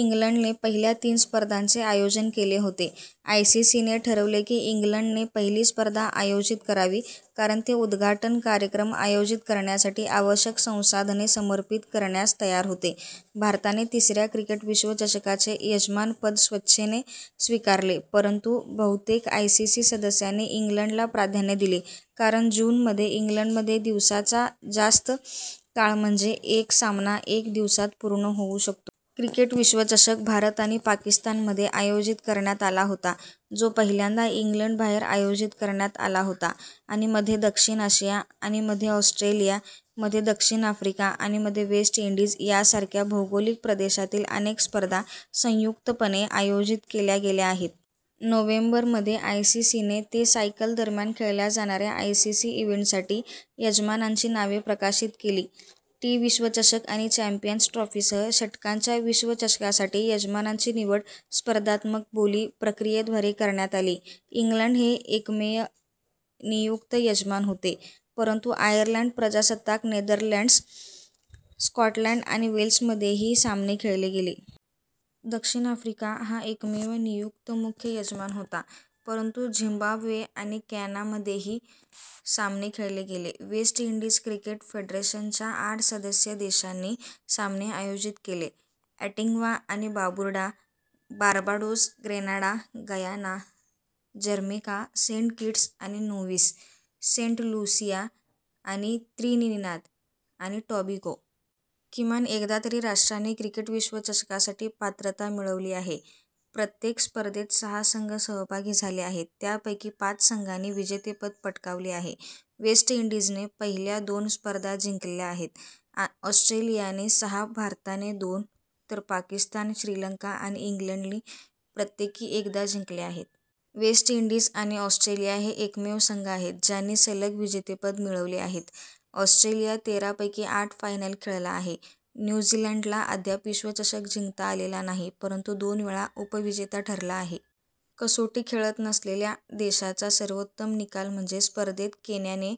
इंग्लंडने पहिल्या तीन स्पर्धांचे आयोजन केले होते. आयसीसीने ठरवले की इंग्लंडने पहिली स्पर्धा आयोजित करावी कारण ते उद्घाटन कार्यक्रम आयोजित करण्यासाठी आवश्यक संसाधने समर्पित करण्यास तयार होते. भारताने तिसऱ्या क्रिकेट विश्वचषकाचे यजमानपद स्वेच्छेने स्वीकारले, परंतु बहुतेक आयसीसी सदस्यांनी इंग्लंडला प्राधान्य दिले कारण जूनमध्ये इंग्लंडमध्ये दिवसाचा जास्त काळ म्हणजे एक सामना एका दिवसात पूर्ण होऊ शकतो. क्रिकेट विश्वचषक भारत आणि पाकिस्तानमध्ये आयोजित करण्यात आला होता, जो पहिल्यांदा इंग्लंडबाहेर आयोजित करण्यात आला होता., आणि मध्ये दक्षिण आशिया, आणि मध्ये ऑस्ट्रेलिया, मध्ये दक्षिण आफ्रिका आणि मध्ये वेस्ट इंडीज यासारख्या भौगोलिक प्रदेशातील अनेक स्पर्धा संयुक्तपणे आयोजित केल्या गेल्या आहेत. नोव्हेंबर मध्ये, आयसीसी ने ते सायकल दरम्यान खेळल्या जाणाऱ्या आयसीसी इव्हेंटसाठी यजमानांची नावे प्रकाशित केली. टी- विश्वचषक आणि चॅम्पियन्स ट्रॉफीसह षटकांच्या विश्वचषकासाठी यजमानांची निवड स्पर्धात्मक बोली प्रक्रियेद्वारे करण्यात आली. ^ इंग्लंड हे एकमेव नियुक्त यजमान होते, परंतु आयर्लंड प्रजासत्ताक, नेदरलँड्स, स्कॉटलंड आणि वेल्समध्येही सामने खेळले गेले. ^ दक्षिण आफ्रिका हा एकमेव नियुक्त मुख्य यजमान होता, परंतु झिम्बाब्वे आणि केन्यामध्येही सामने खेळले गेले. ^ वेस्ट इंडीझ क्रिकेट फेडरेशनच्या आठ सदस्य देशांनी सामने आयोजित केले अँटिग्वा आणि Barbuda, Barbados, Grenada, Guyana, Jamaica, Saint Kitts आणि नेव्हिस, सेंट लुसिया आणि त्रिनिदाद आणि टोबॅगो. किमान एकदा तरी राष्ट्रांनी क्रिकेट विश्वचषकासाठी पात्रता मिळवली आहे. प्रत्येक स्पर्धेत सहा संघ सहभागी झाले आहेत, त्यापैकी पाच संघांनी विजेतेपद पटकावले आहे. वेस्ट इंडीजने पहिल्या दोन स्पर्धा जिंकल्या आहेत, ऑस्ट्रेलियाने सहा, भारताने दोन, तर पाकिस्तान, श्रीलंका आणि इंग्लंडने प्रत्येकी एकदा जिंकल्या आहेत. वेस्ट इंडीज आणि ऑस्ट्रेलिया हे एकमेव संघ आहेत ज्यांनी सलग विजेतेपद मिळवले आहेत. ऑस्ट्रेलिया तेरा पैकी आठ फायनल खेळला आहे. न्यू झीलंडला अद्याप विश्वचषक जिंकता आलेला नाही, परंतु दोन वेळा उपविजेता ठरला आहे. कसोटी खेळत नसलेल्या देशाचा सर्वोत्तम निकाल म्हणजे स्पर्धेत केन्याने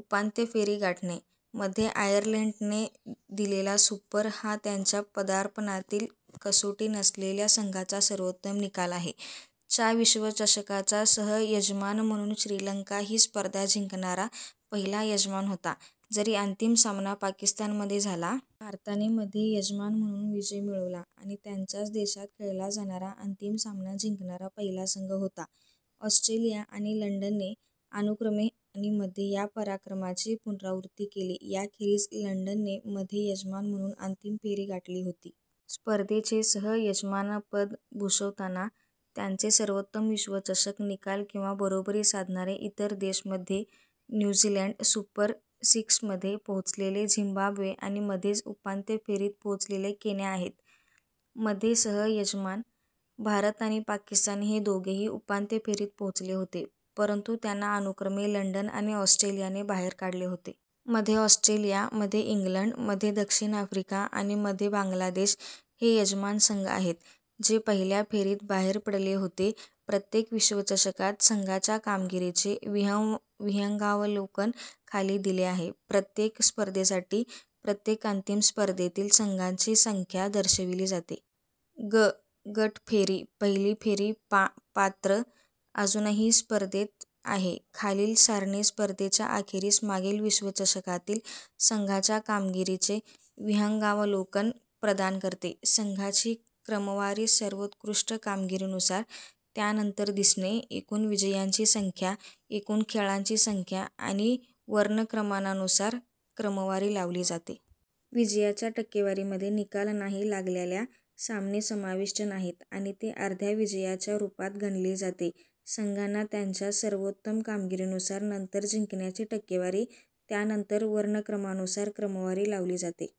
उपांत्य फेरी गाठणे; मध्ये आयर्लंडने दिलेला सुपर हा त्यांच्या पदार्पणातील कसोटी नसलेल्या संघाचा सर्वोत्तम निकाल आहे. च्या विश्वचषकाचा सह-यजमान म्हणून श्रीलंका ही स्पर्धा जिंकणारा पहिला यजमान होता, जरी अंतिम सामना पाकिस्तानमध्ये झाला. भारताने मध्ये यजमान म्हणून विजय मिळवला आणि त्यांच्याच देशात खेळला जाणारा अंतिम सामना जिंकणारा पहिला संघ होता. ऑस्ट्रेलिया आणि इंग्लंडने अनुक्रमे आणि मध्ये या पराक्रमाची पुनरावृत्ती केली. याखेरीज इंग्लंडने मध्ये यजमान म्हणून अंतिम फेरी गाठली होती. स्पर्धेचे सह-यजमानपद भूषवताना त्यांचे सर्वोत्तम विश्वचषक निकाल किंवा बरोबरी साधणारे इतर देश मध्ये न्यू झीलंड, मध्ये सुपर सिक्समध्ये पोहोचलेले झिम्बाब्वे आणि मध्येच उपांत्य फेरीत पोहोचलेले केन्या आहेत. मध्ये सह-यजमान भारत आणि पाकिस्तान हे दोघेही उपांत्य फेरीत पोहोचले होते, परंतु त्यांना अनुक्रमे इंग्लंड आणि ऑस्ट्रेलियाने बाहेर काढले होते. मध्ये ऑस्ट्रेलिया, मध्ये इंग्लंड, मध्ये दक्षिण आफ्रिका आणि मध्ये बांगलादेश हे यजमान संघ आहेत जे पहिल्या फेरीत बाहेर पडले होते. प्रत्येक विश्वचषकात संघांच्या कामगिरीचे विहंगावलोकन खाली दिले आहे. प्रत्येक स्पर्धेसाठी, प्रत्येक अंतिम स्पर्धेतील संघांची संख्या दर्शविली जाते. ग – गट फेरी / पहिली फेरी पा – पात्र, अजूनही स्पर्धेत आहे खालील सारणी स्पर्धेच्या अखेरीस मागील विश्वचषकातील संघांच्या कामगिरीचे विहंगावलोकन प्रदान करते. संघांची क्रमवारी सर्वोत्कृष्ट कामगिरीनुसार, त्यानंतर दिसणे, एकूण विजयांची संख्या, एकूण खेळांची संख्या आणि वर्णक्रमानुसार क्रमवारी लावली जाते. विजयाच्या टक्केवारीमध्ये निकाल नाही लागल्याला सामने समाविष्ट नाहीत आणि ते अर्ध्या विजयाच्या रूपात गणले जाते. संघांना त्यांच्या सर्वोत्तम कामगिरीनुसार, नंतर जिंकण्याची टक्केवारी, त्यानंतर वर्णक्रमानुसार क्रमवारी लावली जाते.